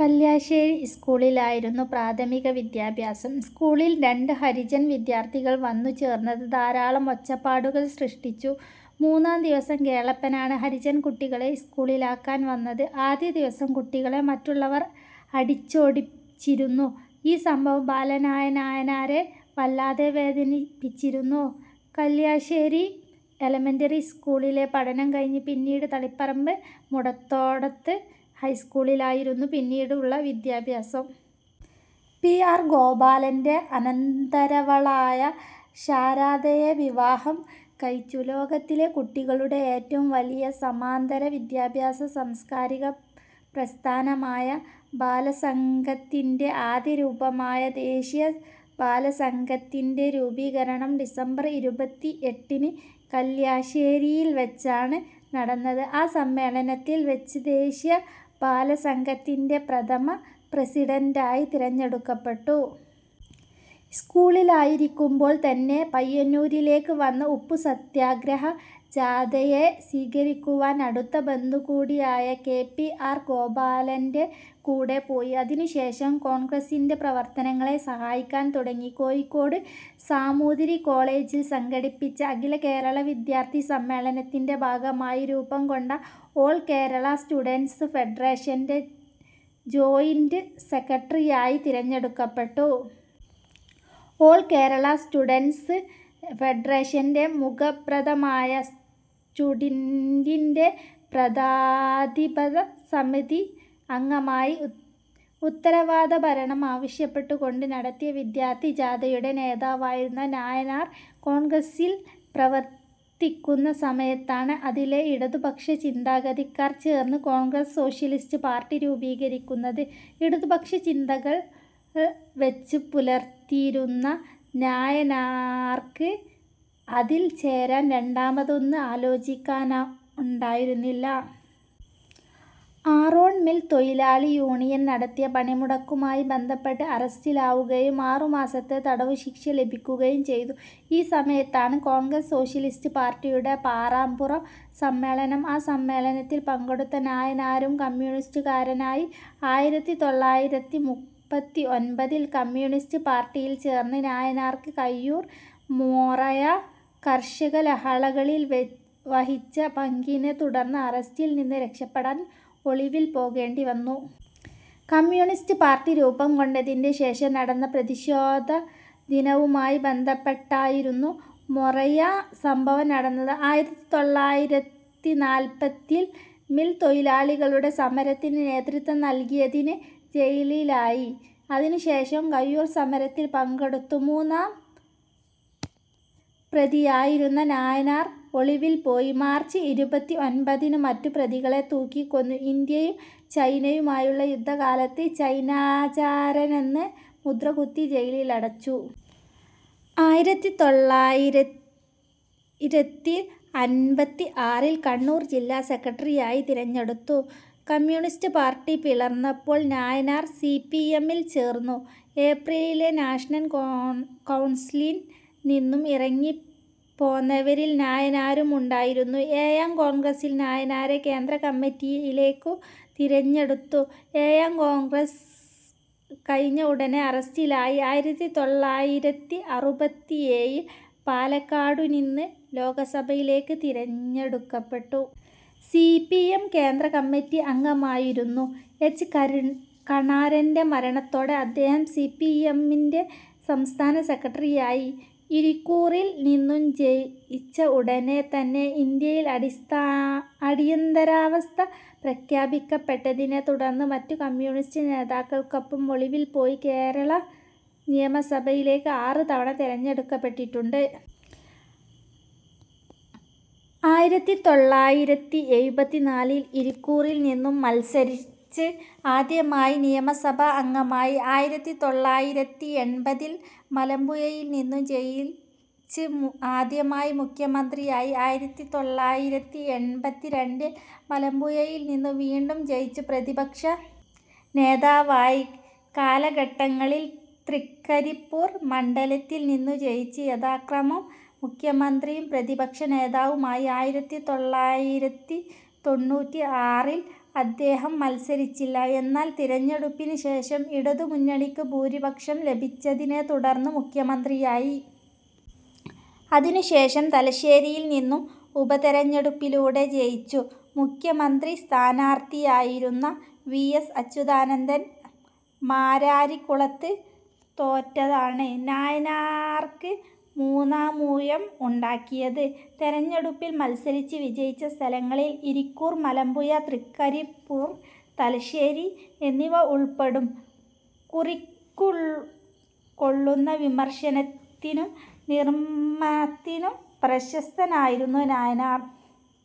കല്യാശ്ശേരി സ്കൂളിലായിരുന്നു പ്രാഥമിക വിദ്യാഭ്യാസം, സ്കൂളിൽ രണ്ട് ഹരിജൻ വിദ്യാർത്ഥികൾ വന്നു ചേർന്നത് ധാരാളം ഒച്ചപ്പാടുകൾ സൃഷ്ടിച്ചു. മൂന്നാം ദിവസം കേളപ്പനാണ് ഹരിജൻ കുട്ടികളെ സ്കൂളിലാക്കാൻ വന്നത്. ആദ്യ ദിവസം കുട്ടികളെ മറ്റുള്ളവർ അടിച്ചോടിച്ചിരുന്നു. ഈ സംഭവം ബാലനായ നായനാരെ വല്ലാതെ വേദനിപ്പിച്ചിരുന്നു. കല്യാശ്ശേരി എലമെൻ്ററി സ്കൂളിലെ പഠനം കഴിഞ്ഞ് പിന്നീട് തളിപ്പറമ്പ് മുടത്തേടത്ത് ഹൈസ്കൂളിലായിരുന്നു പിന്നീടുള്ള വിദ്യാഭ്യാസം. പി. ആർ. ഗോപാലൻ്റെ അനന്തരവളായ ശാരദയെ വിവാഹം കഴിച്ചു. ലോകത്തിലെ കുട്ടികളുടെ ഏറ്റവും വലിയ സമാന്തര വിദ്യാഭ്യാസ സാംസ്കാരിക പ്രസ്ഥാനമായ ബാലസംഘത്തിൻ്റെ ആദ്യ രൂപമായ ദേശീയ ബാലസംഘത്തിൻ്റെ രൂപീകരണം ഡിസംബർ ഇരുപത്തിഎട്ടിന് കല്ല്യാശ്ശേരിയിൽ വെച്ചാണ് നടന്നത്. ആ സമ്മേളനത്തിൽ വെച്ച് ദേശീയ ബാലസംഘത്തിൻ്റെ പ്രഥമ പ്രസിഡണ്ടായി തിരഞ്ഞെടുക്കപ്പെട്ടു. സ്കൂളിലായിരിക്കുമ്പോൾ തന്നെ പയ്യന്നൂരിലേക്കു വന്ന ഉപ്പുസത്യാഗ്രഹ ജാഥയെ സ്വീകരിക്കുവാൻ അടുത്ത ബന്ധു കൂടിയായ കെ. പി. ആർ. ഗോപാലൻ്റെ കൂടെ പോയി. അതിനുശേഷം കോൺഗ്രസിൻ്റെ പ്രവർത്തനങ്ങളെ സഹായിക്കാൻ തുടങ്ങി. കോഴിക്കോട് സാമൂതിരികോളേജിൽ സംഘടിപ്പിച്ച അഖിലകേരള വിദ്യാർത്ഥി സമ്മേളനത്തിൻ്റെ ഭാഗമായി രൂപംകൊണ്ട ഓൾ കേരള സ്റ്റുഡൻ്റ്സ് ഫെഡറേഷൻ്റെ ജോയിൻ്റ് സെക്രട്ടറിയായി തിരഞ്ഞെടുക്കപ്പെട്ടു. ഓൾ കേരള സ്റ്റുഡൻ്റ്സ് ഫെഡറേഷൻ്റെ മുഖപത്രമായ സ്റ്റുഡൻ്റിൻ്റെ പത്രാധിപസമിതി അംഗമായി. ഉത്തരവാദ ഭരണം ആവശ്യപ്പെട്ടുകൊണ്ട് നടത്തിയ വിദ്യാർത്ഥി ജാഥയുടെ നേതാവായിരുന്നു നായനാർ. കോൺഗ്രസിൽ പ്രവർത്തിക്കുന്ന സമയത്താണ് അതിലെ ഇടതു പക്ഷ ചിന്താഗതിക്കാർ ചേർന്ന് കോൺഗ്രസ് സോഷ്യലിസ്റ്റ് പാർട്ടി രൂപീകരിക്കുന്നത്. ഇടതുപക്ഷ ചിന്തകൾ വച്ചു പുലർത്തിയിരുന്ന നായനാർക്ക് അതിൽ ചേരാൻ രണ്ടാമതൊന്ന് ആലോചിക്കാനുണ്ടായിരുന്നില്ല. ആറോൺ മിൽ തൊഴിലാളിയൂണിയൻ നടത്തിയ പണിമുടക്കുമായി ബന്ധപ്പെട്ട് അറസ്റ്റിലാവുകയും ആറുമാസത്തെ തടവുശിക്ഷ ലഭിക്കുകയും ചെയ്തു. ഈ സമയത്താണ് കോൺഗ്രസ് സോഷ്യലിസ്റ്റ് പാർട്ടിയുടെ പാറപ്പുറം സമ്മേളനം, ആ സമ്മേളനത്തിൽ പങ്കെടുത്ത് നായനാരും കമ്മ്യൂണിസ്റ്റുകാരനായി. ആയിരത്തിതൊള്ളായിരത്തിമുപ്പത്തിഒൻപതിൽ കമ്യൂണിസ്റ്റ് പാർട്ടിയിൽ ചേർന്ന നായനാർക്ക് കയ്യൂർ-മൊറാഴ കർഷകലഹളകളിൽ വഹിച്ച പങ്കിനെ തുടർന്ന് അറസ്റ്റിൽ നിന്ന് രക്ഷപെടാൻ ഒളിവിൽ പോകേണ്ടിവന്നു. കമ്മ്യൂണിസ്റ്റ് പാർട്ടി രൂപംകൊണ്ടതിൻ്റെ ശേഷം നടന്ന പ്രതിഷേധദിനവുമായി ബന്ധപ്പെട്ടായിരുന്നു മൊറാഴ സംഭവം നടന്നത്. ആയിരത്തിതൊള്ളായിരത്തിനാല്പതിൽ മിൽ തൊഴിലാളികളുടെ സമരത്തിന് നേതൃത്വം നൽകിയതിന് ജയിലിലായി. അതിനുശേഷം കയ്യൂർ സമരത്തിൽ പങ്കെടുത്തു. മൂന്നാം പ്രതിയായിരുന്ന നായനാർ ഒളിവിൽ പോയി. മാർച്ച് ഇരുപത്തിഒൻപതിന് മറ്റു പ്രതികളെ തൂക്കിക്കൊന്നു. ഇന്ത്യയും ചൈനയുമായുള്ള യുദ്ധകാലത്ത് ചൈനാചാരനെന്ന് മുദ്രകുത്തി ജയിലിലടച്ചു. ആയിരത്തിതൊള്ളായിരത്തിഅൻപത്തിആറിൽ കണ്ണൂർ ജില്ലാ സെക്രട്ടറിയായി തിരഞ്ഞെടുത്തു. കമ്യൂണിസ്റ്റ് പാർട്ടി പിളർന്നപ്പോൾ നായനാർ സി. പി. എം ൽ ചേർന്നു. ഏപ്രിലിലെ നാഷണൽ കൗൺസിലിൽ നിന്നും ഇറങ്ങിപ്പോന്നവരിൽ നായനാരും ഉണ്ടായിരുന്നു. ഏഴാം കോൺഗ്രസിൽ നായനാരെ കേന്ദ്ര കമ്മിറ്റിയിലേക്കു തിരഞ്ഞെടുത്തു. ഏഴാം കോൺഗ്രസ് കഴിഞ്ഞ ഉടൻ അറസ്റ്റിലായി. ആയിരത്തിതൊള്ളായിരത്തിഅറുപത്തിഏഴിൽ പാലക്കാടുനിന്ന് ലോക്സഭയിലേക്ക് തിരഞ്ഞെടുക്കപ്പെട്ടു. സി. പി. എം. കേന്ദ്ര കമ്മറ്റി അംഗമായിരുന്നു. എച്ച്. കരുൺ കണാരൻ്റെ മരണത്തോടെ അദ്ദേഹം സി. പി. എം. ൻ്റെ സംസ്ഥാന സെക്രട്ടറിയായി. ഇരിക്കൂറിൽ നിന്നും ജയിച്ച ഉടൻ തന്നെ ഇന്ത്യയിൽ അടിസ്ഥാ അടിയന്തരാവസ്ഥ പ്രഖ്യാപിക്കപ്പെട്ടതിനെ തുടർന്ന് മറ്റു കമ്മ്യൂണിസ്റ്റ് നേതാക്കൾക്കൊപ്പം ഒളിവിൽ പോയി. കേരള നിയമസഭയിലേക്ക് ആറ് തവണ തിരഞ്ഞെടുക്കപ്പെട്ടിട്ടുണ്ട്. ആയിരത്തിതൊള്ളായിരത്തിഎഴുപത്തിനാലിൽ ഇരിക്കൂറിൽ നിന്നും മൽസരിച്ച് ആദ്യമായി നിയമസഭാ അംഗമായി. ആയിരത്തിതൊള്ളായിരത്തിഎൺപതിൽ മലമ്പുഴയിൽ നിന്നും ജയിച്ച് ആദ്യമായി മുഖ്യമന്ത്രിയായി. ആയിരത്തിതൊള്ളായിരത്തിഎൺപത്തിരണ്ടിൽ മലമ്പുഴയിൽ നിന്നും വീണ്ടും ജയിച്ച് പ്രതിപക്ഷനേതാവായി., കാലഘട്ടങ്ങളിൽ തൃക്കരിപ്പൂർ മണ്ഡലത്തിൽ നിന്നും ജയിച്ച് യഥാക്രമം മുഖ്യമന്ത്രിയും പ്രതിപക്ഷനേതാവുമായി. ആയിരത്തിതൊള്ളായിരത്തിതൊണ്ണൂറ്റിആറിൽ അദ്ദേഹം മത്സരിച്ചില്ല. എന്നാൽ തിരഞ്ഞെടുപ്പിനുശേഷം ഇടതുമുന്നണിക്ക് ഭൂരിപക്ഷം ലഭിച്ചതിനെത്തുടർന്ന് മുഖ്യമന്ത്രിയായി. അതിനു ശേഷം തലശ്ശേരിയിൽ നിന്നും ഉപതെരഞ്ഞെടുപ്പിലൂടേ ജയിച്ചു. മുഖ്യമന്ത്രി സ്ഥാനാർത്ഥിയായിരുന്ന വി. എസ്. അച്യുതാനന്ദൻ മാരാരിക്കുളത്ത് തോറ്റതാണ് നായനാർക്ക് മൂന്നാമൂഴം ഉണ്ടാക്കിയത്. തിരഞ്ഞെടുപ്പിൽ മത്സരിച്ച് വിജയിച്ച സ്ഥലങ്ങളിൽ ഇരിക്കൂർ, മലമ്പുഴ, തൃക്കരിപ്പൂർ, തലശ്ശേരി എന്നിവ ഉൾപ്പെടും. കുറിക്കുകൊള്ളുന്ന വിമർശനത്തിനും നിർമ്മത്തിനും പ്രശസ്തനായിരുന്നു നായനാർ.